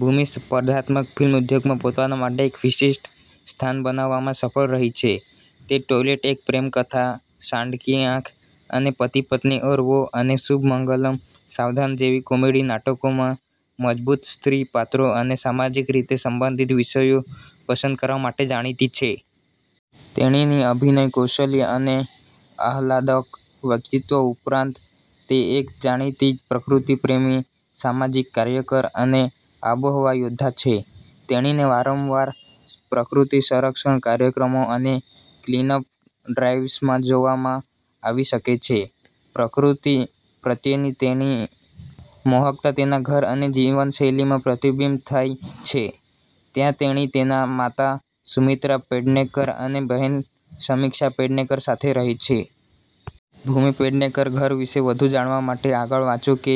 ભૂમિ સ્પર્ધાત્મક ફિલ્મ ઉદ્યોગમાં પોતાના માટે એક વિશિષ્ટ સ્થાન બનાવવામાં સફળ રહી છે. તે ટોયલેટ એક પ્રેમ કથા, સાંદ કી આંખ અને પતિ પત્ની ઔર વો અને શુભ મંગલ સાવધાન જેવી કોમેડી નાટકોમાં મજબૂત સ્ત્રી પાત્રો અને સામાજિક રીતે સંબંધિત વિષયો પસંદ કરવા માટે જાણીતી છે. તેણીની અભિનય કૌશલ્ય અને આહલાદક વ્યક્તિત્વ ઉપરાંત, તે એક જાણીતી પ્રકૃતિ પ્રેમી, સામાજિક કાર્યકર અને આબોહવા યોદ્ધા છે. તેણીને વારંવાર પ્રકૃતિ સંરક્ષણ કાર્યક્રમો અને ક્લીન-અપ ડ્રાઇવ્સમાં જોવામાં આવી શકે છે. પ્રકૃતિ પ્રત્યેની તેણીની મોહકતા તેના ઘર અને જીવનશૈલીમાં પ્રતિબિંબિત થાય છે, જ્યાં તેણી તેની માતા સુમિત્રા પેડનેકર અને બહેન સમિક્ષા પેડનેકર સાથે રહે છે. ભૂમિ પેડનેકર ઘર વિશે વધુ જાણવા માટે આગળ વાંચો કે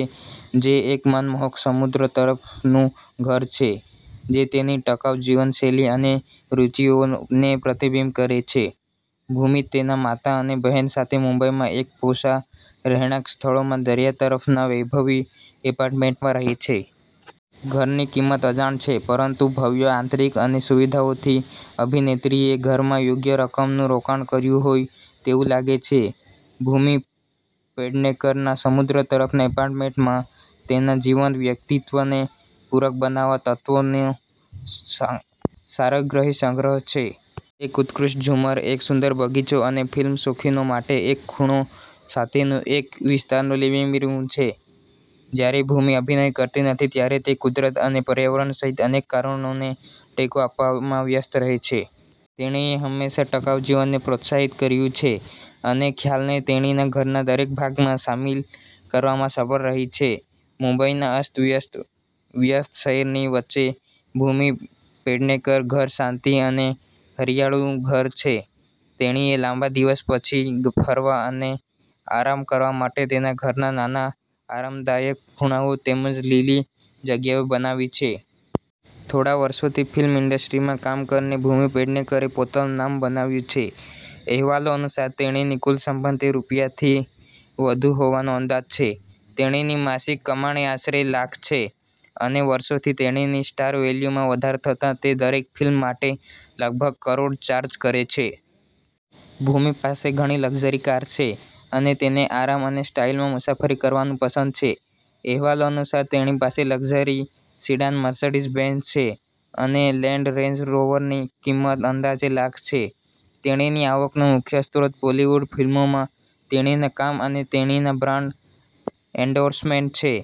જે એક મનમોહક સમુદ્ર તરફનું ઘર છે જે તેની ટકાઉ જીવનશૈલી અને રુચિઓને પ્રતિબિંબિત કરે છે. ભૂમિ તેની માતા અને બહેન સાથે મુંબઈના એક પોશ રહેણાંક સ્થળોમાં દરિયા તરફના વૈભવી એપાર્ટમેન્ટમાં રહે છે. ઘરની કિંમત અજાણ છે પરંતુ ભવ્ય આંતરિક અને સુવિધાઓથી અભિનેત્રીએ ઘરમાં યોગ્ય રકમનું રોકાણ કર્યું હોય તેવું લાગે છે. ભૂમિ પેડનેકરના સમુદ્ર તરફના એપાર્ટમેન્ટમાં તેના જીવંત વ્યક્તિત્વને પૂરક બનાવવા તત્વોનો સારગ્રાહી સંગ્રહ છે. એક ઉત્કૃષ્ટ ઝુમ્મર, એક સુંદર બગીચો અને ફિલ્મ શોખીનો માટે એક ખૂણો સાથેનો એક વિસ્તરતો લિવિંગ રૂમ છે. જ્યારે ભૂમિ અભિનય કરતી નથી, ત્યારે તે કુદરત અને પર્યાવરણ સહિત અનેક કારણોને ટેકો આપવામાં વ્યસ્ત છે. તેણીએ હંમેશા ટકાઉ જીવનને પ્રોત્સાહિત કર્યું છે અને ખ્યાલને તેણીના ઘરના દરેક ભાગમાં સામેલ કરવામાં સફળ રહી છે. મુંબઈના અસ્તવ્યસ્ત, વ્યસ્ત શહેરની વચ્ચે ભૂમિ પેડનેકર ઘર શાંતિ અને હરિયાળીનું ઘર છે. તેણીએ લાંબા દિવસ પછી ફરવા અને આરામ કરવા માટે તેના ઘરમાં નાના, આરામદાયક ખૂણાઓ તેમજ લીલી જગ્યાઓ બનાવી છે. થોડાં વર્ષોથી ફિલ્મ ઈન્ડસ્ટ્રીમાં કામ કરીને ભૂમિ પેડનેકરે પોતાનું નામ બનાવ્યું છે. અહેવાલો અનુસાર, તેણીની કુલ સંપત્તિ રૂ. થી વધુ હોવાનો અંદાજ છે. તેણીની માસિક કમાણી આશરે લાખ છે અને વર્ષોથી તેણીની સ્ટાર વેલ્યુમાં વધારો થતાં તે દરેક ફિલ્મ માટે લગભગ કરોડ ચાર્જ કરે છે. ભૂમિ પાસે ઘણી લક્ઝરી કાર છે અને તેને આરામ અને સ્ટાઇલમાં મુસાફરી કરવાનું પસંદ છે. અહેવાલો અનુસાર, તેણી પાસે લક્ઝરી સેડાન મર્સિડીઝ બેન્ઝ છે અને લેન્ડ રેન્જ રોવરની કિંમત અંદાજે લાખ છે. તેણીની આવકનો મુખ્ય સ્ત્રોત બોલિવૂડ ફિલ્મોમાં તેણીના કામ અને તેણીના બ્રાન્ડ એન્ડોર્સમેન્ટ્સ છે.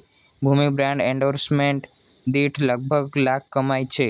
ભૂમિ બ્રાન્ડ એન્ડોર્સમેન્ટ દીઠ લગભગ લાખ કમાય છે.